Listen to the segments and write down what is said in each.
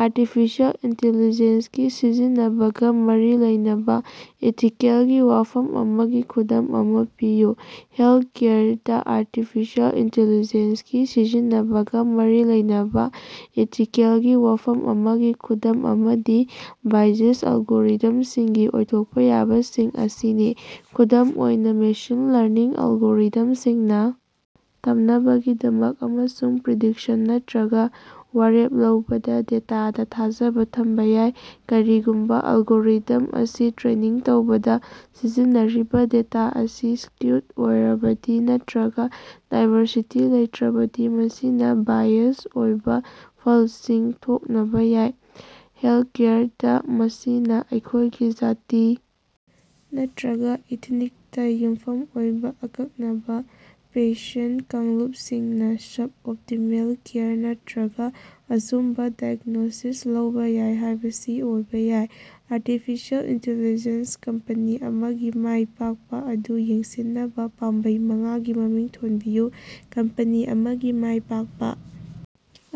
Artificial intelligence ꯒꯤ ꯁꯤꯖꯤꯟꯅꯕꯒ ꯃꯔꯤ ꯂꯩꯅꯕ ꯏꯊꯤꯀꯦꯜꯒꯤ ꯋꯥꯐꯝ ꯑꯃꯒꯤ ꯈꯨꯗꯝ ꯑꯃ ꯄꯤꯌꯨ꯫ ꯍꯦꯜꯊꯀꯦꯌꯔꯗ ꯑꯥꯔꯇꯤꯐꯤꯁꯤꯑꯦꯜ ꯏꯟꯇꯦꯜꯂꯤꯖꯦꯟꯁꯒꯤ ꯁꯤꯖꯤꯟꯅꯕꯒ ꯃꯔꯤ ꯂꯩꯅꯕ ꯏꯊꯤꯀꯦꯂꯒꯤ ꯋꯥꯐꯝ ꯑꯃꯒꯤ ꯈꯨꯗꯝ ꯑꯃꯗꯤ ꯕꯥꯏꯑꯦꯖ ꯑꯦꯂꯒꯣꯔꯤꯊꯝꯁꯤꯡꯒꯤ ꯑꯣꯏꯊꯣꯛꯄ ꯌꯥꯕꯁꯤꯡ ꯑꯁꯤꯅꯤ꯫ ꯈꯨꯗꯝ ꯑꯣꯏꯅ, ꯃꯦꯁꯤꯟ ꯂ꯭ꯔꯅꯤꯡ ꯑꯦꯜꯒꯣꯔꯤꯊꯝꯁꯤꯡꯅ ꯇꯝꯅꯕꯒꯤꯗꯃꯛ ꯑꯃꯁꯨꯡ ꯄ꯭ꯔꯤꯗꯤꯛꯁꯟ ꯅꯠꯇꯔꯒ ꯋꯥꯔꯦꯞ ꯂꯧꯕꯗ ꯗꯦꯇꯥꯗ ꯊꯥꯖꯕ ꯊꯝꯕ ꯌꯥꯏ꯫ ꯀꯔꯤꯒꯨꯝꯕ ꯑꯦꯜꯒꯣꯔꯤꯊꯝ ꯑꯁꯤ ꯇ꯭ꯔꯦꯅꯤꯡ ꯇꯧꯕꯗ ꯁꯤꯖꯤꯟꯅꯔꯤꯕ ꯗꯦꯇꯥ ꯑꯁꯤ ꯁ꯭ꯀ꯭ꯌꯨꯗ ꯑꯣꯏꯔꯕꯗꯤ ꯅꯠꯇꯔꯒ ꯗꯥꯏꯕꯔꯁꯤꯇꯤ ꯂꯩꯠꯔꯕꯗꯤ ꯃꯁꯤꯅ ꯕꯥꯏꯑꯦꯖ ꯑꯣꯏꯕ ꯐꯜꯁꯤꯡ ꯊꯣꯛꯅꯕ ꯌꯥꯏ꯫ ꯍꯦꯜꯊꯀꯦꯌꯔꯗ, ꯃꯁꯤꯅ ꯃꯈꯣꯏꯒꯤ ꯖꯥꯇꯤ ꯅꯠꯇꯔꯒ ꯏꯊꯅꯤꯛꯇ ꯌꯨꯝꯐꯝ ꯑꯣꯏꯕ ꯑꯀꯛꯅꯕ ꯄꯦꯁꯦꯟꯠ ꯀꯥꯡꯂꯨꯞꯁꯤꯡꯅ ꯁꯕ-ꯑꯣꯞꯇꯤꯃꯦꯜ ꯀꯦꯌꯔ ꯅꯠꯇꯔꯒ ꯑꯆꯨꯝꯕ ꯗꯥꯏꯒꯅꯣꯁꯤꯁ ꯂꯧꯕ ꯌꯥꯏ ꯍꯥꯏꯕꯁꯤ ꯑꯣꯏꯕ ꯌꯥꯏ꯫ ꯑꯔꯇꯤꯐꯤꯁꯤꯑꯦꯜ ꯏꯟꯇꯦꯜꯂꯤꯖꯦꯟꯁ ꯀꯝꯄꯦꯅꯤ ꯑꯃꯒꯤ ꯃꯥꯏ ꯄꯥꯛꯄ ꯑꯗꯨ ꯌꯦꯡꯁꯤꯟꯅꯕ ꯄꯥꯝꯕꯩ ꯃꯉꯥꯒꯤ ꯃꯃꯤꯡ ꯊꯣꯟꯕꯤꯌꯨ꯫ ꯀꯝꯄꯦꯅꯤ ꯑꯃꯒꯤ ꯃꯥꯏ ꯄꯥꯛꯄ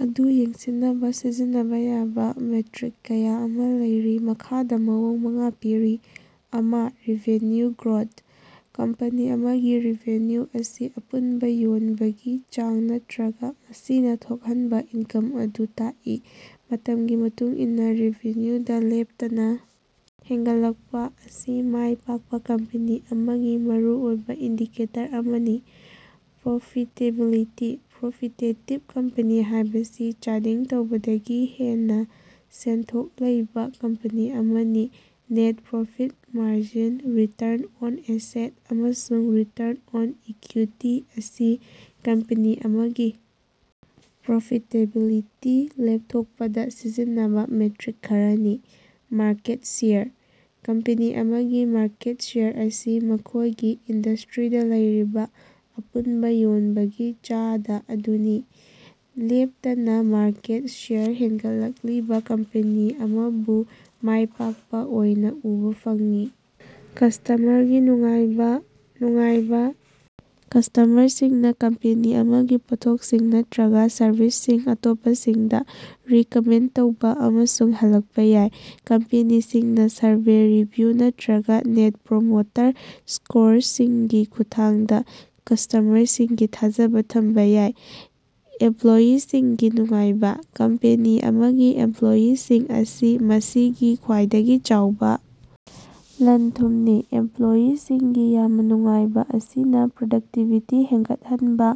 ꯑꯗꯨ ꯌꯦꯡꯁꯤꯟꯅꯕ ꯁꯤꯖꯤꯟꯅꯕ ꯌꯥꯕ ꯃꯦꯇ꯭ꯔꯤꯛ ꯀꯌꯥ ꯑꯃꯥ ꯂꯩꯔꯤ꯫ ꯃꯈꯥꯗꯥ ꯃꯑꯣꯡ ꯃꯉꯥ ꯄꯤꯔꯤ: ꯑꯃ꯬ ꯔꯦꯚꯤꯅ꯭ꯌꯨ ꯒ꯭ꯔꯣꯊ: ꯀꯝꯄꯅꯤ ꯑꯃꯒꯤ ꯔꯦꯚꯤꯅ꯭ꯌꯨ ꯑꯁꯤꯅ ꯑꯄꯨꯟꯕ ꯌꯣꯟꯕꯒꯤ ꯆꯥꯡ ꯅꯠꯇꯔꯒ ꯃꯁꯤꯅ ꯊꯣꯛꯍꯟꯕ ꯏꯅꯀꯝ ꯑꯗꯨ ꯇꯥꯛꯏ꯫ ꯃꯇꯝꯒꯤ ꯃꯇꯨꯡ ꯏꯟꯅ ꯔꯦꯚꯤꯅ꯭ꯌꯨꯗ ꯂꯦꯞꯇꯅ ꯍꯦꯟꯒꯠꯂꯛꯄ ꯑꯁꯤ ꯃꯥꯏ ꯄꯥꯛꯄ ꯀꯝꯄꯦꯅꯤ ꯑꯃꯒꯤ ꯃꯔꯨꯑꯣꯏꯕ ꯏꯟꯗꯤꯀꯦꯇꯔ ꯑꯃꯅꯤ꯫ ꯄ꯭ꯔꯣꯐꯤꯇꯦꯕꯤꯂꯤꯇꯤ: ꯄ꯭ꯔꯣꯐꯤꯇꯦꯇꯤꯕ ꯀꯝꯄꯦꯅꯤ ꯍꯥꯏꯕꯁꯤ ꯆꯥꯗꯤꯡ ꯇꯧꯕꯗꯒꯤ ꯍꯦꯟꯅ ꯁꯦꯟꯊꯣꯛ ꯂꯩꯕ ꯀꯝꯄꯦꯅꯤ ꯑꯃꯅꯤ꯫ Net profit margin, return on asset, ꯑꯃꯁꯨꯡ ꯔꯤꯇ꯭ꯔꯟ ꯑꯣꯟ ꯏꯀ꯭ꯋꯤꯇꯤ ꯑꯁꯤ ꯀꯝꯄꯦꯅꯤ ꯑꯃꯒꯤ ꯄ꯭ꯔꯣꯐꯤꯇꯦꯕꯤꯂꯤꯇꯤ ꯂꯦꯞꯊꯣꯛꯄꯗ ꯁꯤꯖꯤꯟꯅꯕ ꯃꯦꯇ꯭ꯔꯤꯛ ꯈꯔꯅꯤ꯫ ꯃꯥꯔꯀꯦꯠ ꯁꯦꯌꯔ: ꯀꯝꯄꯦꯅꯤ ꯑꯃꯒꯤ ꯃꯥꯔꯀꯦꯠ ꯁꯦꯌꯔ ꯑꯁꯤ ꯃꯈꯣꯏꯒꯤ ꯏꯟꯗ꯭ꯁꯇ꯭ꯔꯤꯗ ꯂꯩꯔꯤꯕ ꯑꯄꯨꯟꯕ ꯌꯣꯟꯕꯒꯤ ꯆꯥꯗ ꯑꯗꯨꯅꯤ꯫ ꯂꯦꯞꯇꯅ ꯃꯥꯔꯀꯦꯠ ꯁꯦꯌꯔ ꯍꯦꯟꯒꯠꯂꯛꯂꯤꯕ ꯀꯝꯄꯦꯅꯤ ꯑꯃꯕꯨ ꯃꯥꯏ ꯄꯥꯛꯄ ꯑꯣꯏꯅ ꯎꯕ ꯐꯪꯏ꯫ ꯀ꯭ꯁꯇꯃ꯭ꯔꯒꯤ ꯅꯨꯡꯉꯥꯏꯕ: ꯅꯨꯡꯉꯥꯏꯕ ꯀ꯭ꯁꯇꯃ꯭ꯔꯁꯤꯡꯅ ꯀꯝꯄꯦꯅꯤ ꯑꯃꯒꯤ ꯄꯣꯠꯊꯣꯛꯁꯤꯡ ꯅꯠꯇꯔꯒ ꯁꯔꯕꯤꯁꯁꯤꯡ ꯑꯇꯣꯞꯄꯁꯤꯡꯗ ꯔꯤꯀꯃꯦꯟꯗ ꯇꯧꯕꯥ ꯑꯃꯁꯨꯡ ꯍꯜꯂꯛꯄ ꯌꯥꯏ꯫ ꯀꯝꯄꯦꯅꯤꯁꯤꯡꯅ ꯁꯔꯚꯦ, ꯔꯤꯚꯤꯌꯨ, ꯅꯠꯇꯔꯒ ꯅꯦꯠ ꯄ꯭ꯔꯣꯃꯣꯇꯔ ꯁ꯭ꯀꯣꯔꯁꯤꯡꯒꯤ ꯈꯨꯠꯊꯥꯡꯗ ꯀ꯭ꯁꯇꯃ꯭ꯔꯁꯤꯡꯒꯤ ꯊꯥꯖꯕ ꯊꯝꯕ ꯌꯥꯏ꯫ ꯑꯦꯝꯄ꯭ꯂꯣꯌꯤꯁꯤꯡꯒꯤ ꯅꯨꯡꯉꯥꯏꯕ: ꯀꯝꯄꯦꯅꯤ ꯑꯃꯒꯤ ꯏꯝꯄ꯭ꯂꯣꯌꯤꯁꯤꯡ ꯑꯁꯤ ꯃꯁꯤꯒꯤ ꯈ꯭ꯋꯥꯏꯗꯒꯤ ꯆꯥꯎꯕ ꯂꯟ-ꯊꯨꯝꯅꯤ꯫ ꯑꯦꯝꯄ꯭ꯂꯣꯌꯤꯁꯤꯡꯒꯤ ꯌꯥꯝꯅ ꯅꯨꯡꯉꯥꯏꯕ ꯑꯁꯤꯅ ꯄ꯭ꯔꯗꯛꯇꯤꯚꯤꯇꯤ ꯍꯦꯟꯒꯠꯍꯟꯕ,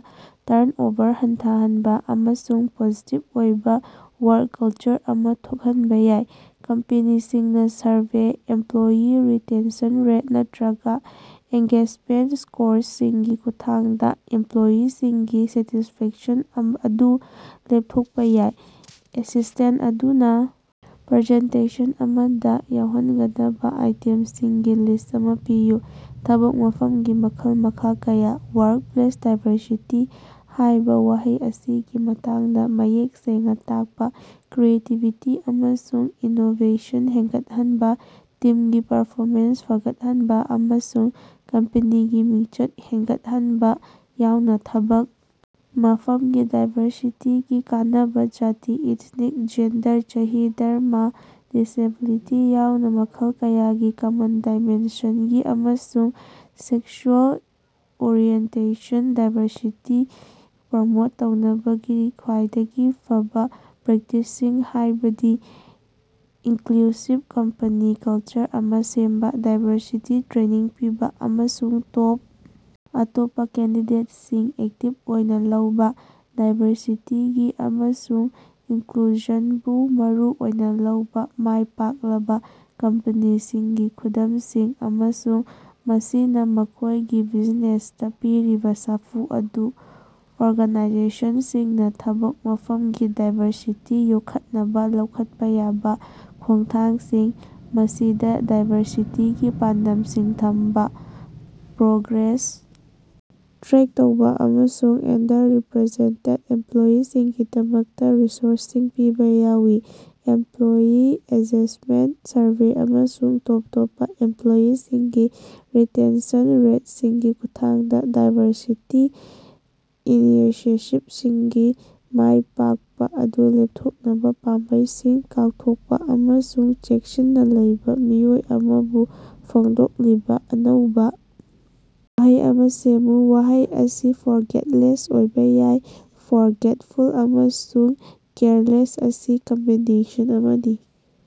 ꯇ꯭ꯔꯟꯑꯣꯚꯔ ꯍꯟꯊꯍꯟꯕ ꯑꯃꯁꯨꯡ ꯄꯣꯖꯤꯇꯤꯚ ꯑꯣꯏꯕ ꯋꯥ꯭ꯔꯛ ꯀꯜꯆꯔ ꯑꯃꯥ ꯊꯣꯛꯍꯟꯕ ꯌꯥꯏ꯫ ꯀꯝꯄꯅꯤꯁꯤꯡꯅꯥ ꯁꯔꯚꯦ, ꯏꯝꯄ꯭ꯂꯣꯌꯤ ꯔꯤꯇꯦꯟꯁꯟ ꯔꯦꯠ, ꯅꯠꯇꯔꯒ ꯑꯦꯡꯒꯦꯖꯃꯦꯟꯠ ꯁ꯭ꯀꯣꯔꯁꯤꯡꯒꯤ ꯈꯨꯠꯊꯥꯡꯗ ꯏꯝꯄ꯭ꯂꯣꯌꯤꯁꯤꯡꯒꯤ ꯁꯦꯇꯤꯁꯐꯦꯛꯁꯟ ꯑꯗꯨ ꯂꯦꯞꯊꯣꯛꯄ ꯌꯥꯏ꯫ ꯑꯦꯁꯤꯁ꯭ꯇꯦꯟꯠ ꯑꯗꯨꯅ ꯄ꯭ꯔꯖꯦꯟꯇꯦꯁꯟ ꯑꯃꯗ ꯌꯥꯎꯍꯟꯒꯗꯕ ꯑꯥꯏꯇꯦꯝꯁꯤꯡꯒꯤ ꯂꯤꯁ꯭ꯠ ꯑꯃꯥ ꯄꯤꯌꯨ꯫ ꯊꯕꯛ ꯃꯐꯃꯒꯤ ꯃꯈꯜ-ꯃꯈꯥ ꯀꯌꯥ꯫ "ꯋꯥ꯭ꯔꯛꯄ꯭ꯂꯦꯁ ꯗꯥꯏꯕꯔꯁꯤꯇꯤ" ꯍꯥꯏꯕ ꯋꯥꯍꯩ ꯑꯁꯤꯒꯤ ꯃꯇꯥꯡꯗ ꯃꯌꯦꯛ ꯁꯦꯡꯅ ꯇꯥꯛꯄ ꯀ꯭ꯔꯤꯌꯦꯇꯤꯕꯤꯇꯤ ꯑꯃꯁꯨꯡ ꯏꯅꯣꯕꯦꯁꯟ ꯍꯦꯟꯒꯠꯍꯟꯕ, ꯇꯤꯝꯒꯤ ꯄꯔꯐꯣꯃꯦꯟꯁ ꯐꯒꯠꯍꯟꯕ, ꯑꯃꯁꯨꯡ ꯀꯝꯄꯦꯅꯤꯒꯤ ꯃꯤꯡꯆꯠ ꯍꯦꯟꯒꯠꯍꯟꯕ ꯌꯥꯎꯅ ꯊꯕꯛ ꯃꯐꯝꯒꯤ ꯗꯥꯏꯕꯔꯁꯤꯇꯤꯒꯤ ꯀꯥꯟꯅꯕ ꯖꯥꯇꯤ, ꯏꯊꯅꯤꯛ, ꯖꯦꯟꯗꯔ, ꯆꯍꯤ, ꯙꯔꯃ, ꯗꯤꯁꯑꯦꯕꯤꯂꯤꯇꯤ ꯌꯥꯎꯅ ꯃꯈꯜ ꯀꯌꯥꯒꯤ ꯀꯃꯟ ꯗꯥꯏꯃꯦꯟꯁꯟꯁꯤꯡ ꯑꯃꯁꯨꯡ ꯁꯦꯛꯁꯨꯑꯦꯜ ꯑꯣꯔꯤꯑꯦꯟꯇꯦꯁꯟ ꯗꯥꯏꯕꯔꯁꯤꯇꯤ ꯄ꯭ꯔꯃꯣꯠ ꯇꯧꯅꯕꯒꯤ ꯈ꯭ꯋꯥꯏꯗꯒꯤ ꯐꯕ ꯄ꯭ꯔꯦꯛꯇꯤꯁꯁꯤꯡ, ꯍꯥꯏꯕꯗꯤ ꯏꯅꯀ꯭ꯂꯨꯁꯤꯚ ꯀꯝꯄꯅꯤ ꯀꯜꯆꯔ ꯑꯃꯥ ꯁꯦꯝꯕ, ꯗꯥꯏꯕꯔꯁꯤꯇꯤ ꯇ꯭ꯔꯦꯅꯤꯡ ꯄꯤꯕ, ꯑꯃꯁꯨꯡ ꯇꯣꯞ ꯑꯇꯣꯞꯄ ꯀꯦꯟꯗꯤꯗꯦꯠꯁꯤꯡ ꯑꯦꯛꯇꯤꯞ ꯑꯣꯏꯅ ꯂꯧꯕ ꯗꯥꯏꯕꯔꯁꯤꯇꯤ ꯑꯃꯁꯨꯡ ꯏꯅꯀ꯭ꯂꯨꯖꯟꯕꯨ ꯃꯔꯨꯑꯣꯏꯅ ꯂꯧꯕ ꯃꯥꯏꯄꯥꯛꯂꯕ ꯀꯝꯄꯅꯤꯁꯤꯡꯒꯤ ꯈꯨꯗꯝꯁꯤꯡ, ꯑꯃꯁꯨꯡ ꯃꯁꯤꯅ ꯃꯈꯣꯏꯒꯤ ꯕꯤꯖꯤꯅꯦꯁꯇ ꯄꯤꯔꯤꯕ ꯁꯥꯐꯨ ꯑꯗꯨ꯫ ꯑꯣꯔꯒꯅꯥꯏꯖꯦꯁꯟꯁꯤꯡꯅ ꯊꯕꯛ ꯃꯐꯝꯒꯤ ꯗꯥꯏꯕꯔꯁꯤꯇꯤ ꯌꯣꯛꯈꯠꯅꯕ ꯂꯧꯈꯠꯄ ꯌꯥꯕ ꯈꯣꯡꯊꯥꯡꯁꯤꯡ, ꯃꯁꯤꯗ ꯗꯥꯏꯕꯔꯁꯤꯇꯤꯒꯤ ꯄꯥꯟꯗꯝꯁꯤꯡ ꯊꯝꯕ, ꯄ꯭ꯔꯣꯒ꯭ꯔꯦꯁ ꯇ꯭ꯔꯦꯛ ꯇꯧꯕ, ꯑꯃꯁꯨꯡ ꯑꯟꯗꯔꯔꯤꯄ꯭ꯔꯦꯖꯦꯟꯇꯦꯗ ꯏꯃꯄ꯭ꯂꯣꯌꯤꯁꯤꯡꯒꯤꯗꯃꯛꯇ ꯔꯤꯁꯣꯔꯁꯁꯤꯡ ꯄꯤꯕ ꯌꯥꯎꯏ꯫ ꯑꯦꯝꯄ꯭ꯂꯣꯌꯤ ꯑꯦꯟꯒꯦꯖꯃꯦꯟꯠ ꯁꯔꯚꯦ ꯑꯃꯁꯨꯡ ꯇꯣꯞ ꯇꯣꯞꯄ ꯏꯃꯄ꯭ꯂꯣꯌꯤꯁꯤꯡꯒꯤ ꯔꯤꯇꯦꯟꯁꯟ ꯔꯦꯠꯁꯤꯡꯒꯤ ꯈꯨꯠꯊꯥꯡꯗ, ꯗꯥꯏꯕꯔꯁꯤꯇꯤ ꯏꯅꯤꯁꯤꯌꯦꯇꯤꯕꯁꯤꯡꯒꯤ ꯃꯥꯏ ꯄꯥꯛꯄ ꯑꯗꯨ ꯂꯦꯞꯊꯣꯛꯅꯕ ꯄꯥꯝꯕꯩꯁꯤꯡ꯫ ꯀꯥꯎꯊꯣꯛꯄ ꯑꯃꯁꯨꯡ ꯆꯦꯛꯁꯤꯟꯅ ꯂꯩꯕ ꯃꯤꯑꯣꯏ ꯑꯃꯕꯨ ꯐꯣꯡꯗꯣꯛꯂꯤꯕ ꯑꯅꯧꯕ ꯋꯥꯍꯩ ꯑꯃꯥ ꯁꯦꯝꯃꯨ꯫ ꯋꯥꯍꯩ ꯑꯁꯤ "ꯐ꯭ꯣꯔꯒꯦꯠꯂꯦꯁ" ꯑꯣꯏꯕ ꯌꯥꯏ "ꯐ꯭ꯣꯔꯒꯦꯠꯐꯨꯜ" ꯑꯃꯁꯨꯡ "ꯀꯦꯌꯔꯂꯦꯁ"ꯒꯤ ꯀꯝꯕꯤꯅꯦꯁꯟ ꯑꯃꯅꯤ꯫